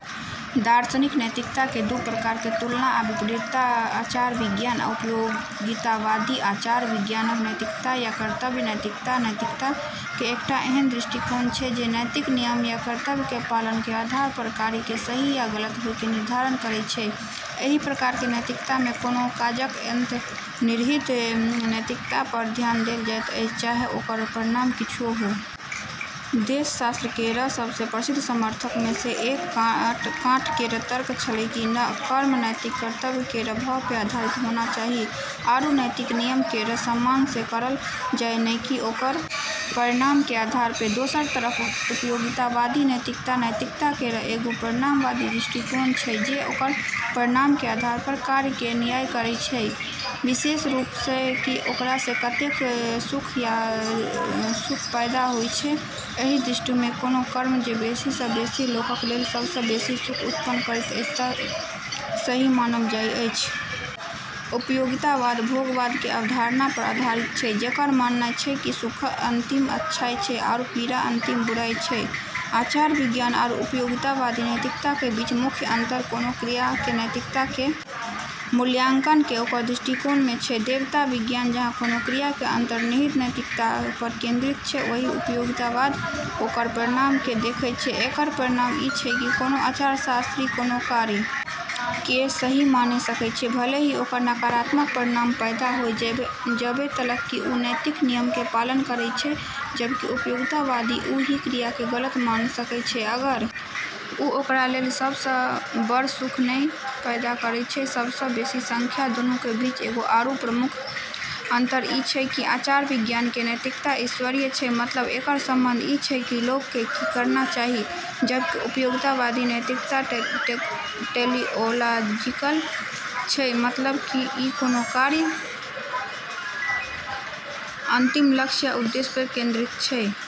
दार्शनिक नैतिकता के दू प्रकार के तुलना आ विपरीतता आचार-विज्ञान आ उपयोगितावादी आचार-विज्ञानक नैतिकता या कर्तव्य नैतिकता नैतिकता के एकटा एहन दृष्टिकोण छै जे नैतिक नियम या कर्तव्य के पालन के आधार पर कार्य के सही या गलत होय के निर्धारण करै छै, एहि प्रकारक नैतिकता मे कोनो काजक अंतर्निहित नैतिकता पर ध्यान देल जाइत अछि, चाहे ओकर परिणाम किछुओ हो। देवशास्त्र केरऽ सबसें प्रसिद्ध समर्थकऽ मे से एक कांट केरऽ तर्क छेलै कि कर्म नैतिक कर्तव्य केरऽ भाव पे आधारित होना चाहि आरू नैतिक नियम केरऽ सम्मान से करलऽ जाय, नै कि ओकरऽ परिणाम के आधार पे, दोसरऽ तरफ उपयोगितावादी नैतिकता नैतिकता केरऽ एगो परिणामवादी दृष्टिकोण छै जे ओकरऽ परिणाम के आधार पे कार्यऽ के न्याय करै छै, विशेष रूप से कि ओकरा से कतेक सुख या सुख पैदा होय छै, एहि दृष्टि मे कोनो कर्म जँ बेसी सँ बेसी लोकक लेल सबसँ बेसी सुख उत्पन्न करैत अछि तऽ सही मानल जाइत अछि। उपयोगितावाद भोगवाद के अवधारणा पर आधारित छै जेकरऽ मानना छै कि सुख अंतिम अच्छाई छै आरू पीड़ा अंतिम बुराई छै। आचार-विज्ञान आरू उपयोगितावादी नैतिकता के बीच मुख्य अंतर कोनो क्रिया के नैतिकता के मूल्यांकन के ओकरऽ दृष्टिकोण में छै, देवता विज्ञान जहाँ कोनो क्रिया के अंतर्निहित नैतिकता पर केंद्रित छै, वहीं उपयोगितावाद ओकरऽ परिणाम के देखै छै, एकरऽ परिणाम ई छै कि कोनो आचारशास्त्री कोनो कार्य के सही माने सकै छै, भले ही ओकरऽ नकारात्मक परिणाम पैदा होय, जबे तलक कि उ नैतिक नियमऽ के पालन करै छै, जबकि उपयोगितावादी उ ही क्रिया के गलत माने सकै छै अगर वू ओकरा लेली सबसें बड़ऽ सुख नै पैदा करै छै सबसँ बेसी संख्या, दूनू के बीच एगो आरू प्रमुख अंतर ई छै कि आचार-विज्ञान के नैतिकता ईश्वरीय छै मतलब एकरऽ संबंध ई छै कि लोगऽ के की करना चाहियऽ, जबकि उपयोगितावादी नैतिकता टेलिओलॉजिकल छै, मतलब कि ई कोनो कार्य के अंतिम लक्ष्य या उद्देश्य पे केंद्रित छै।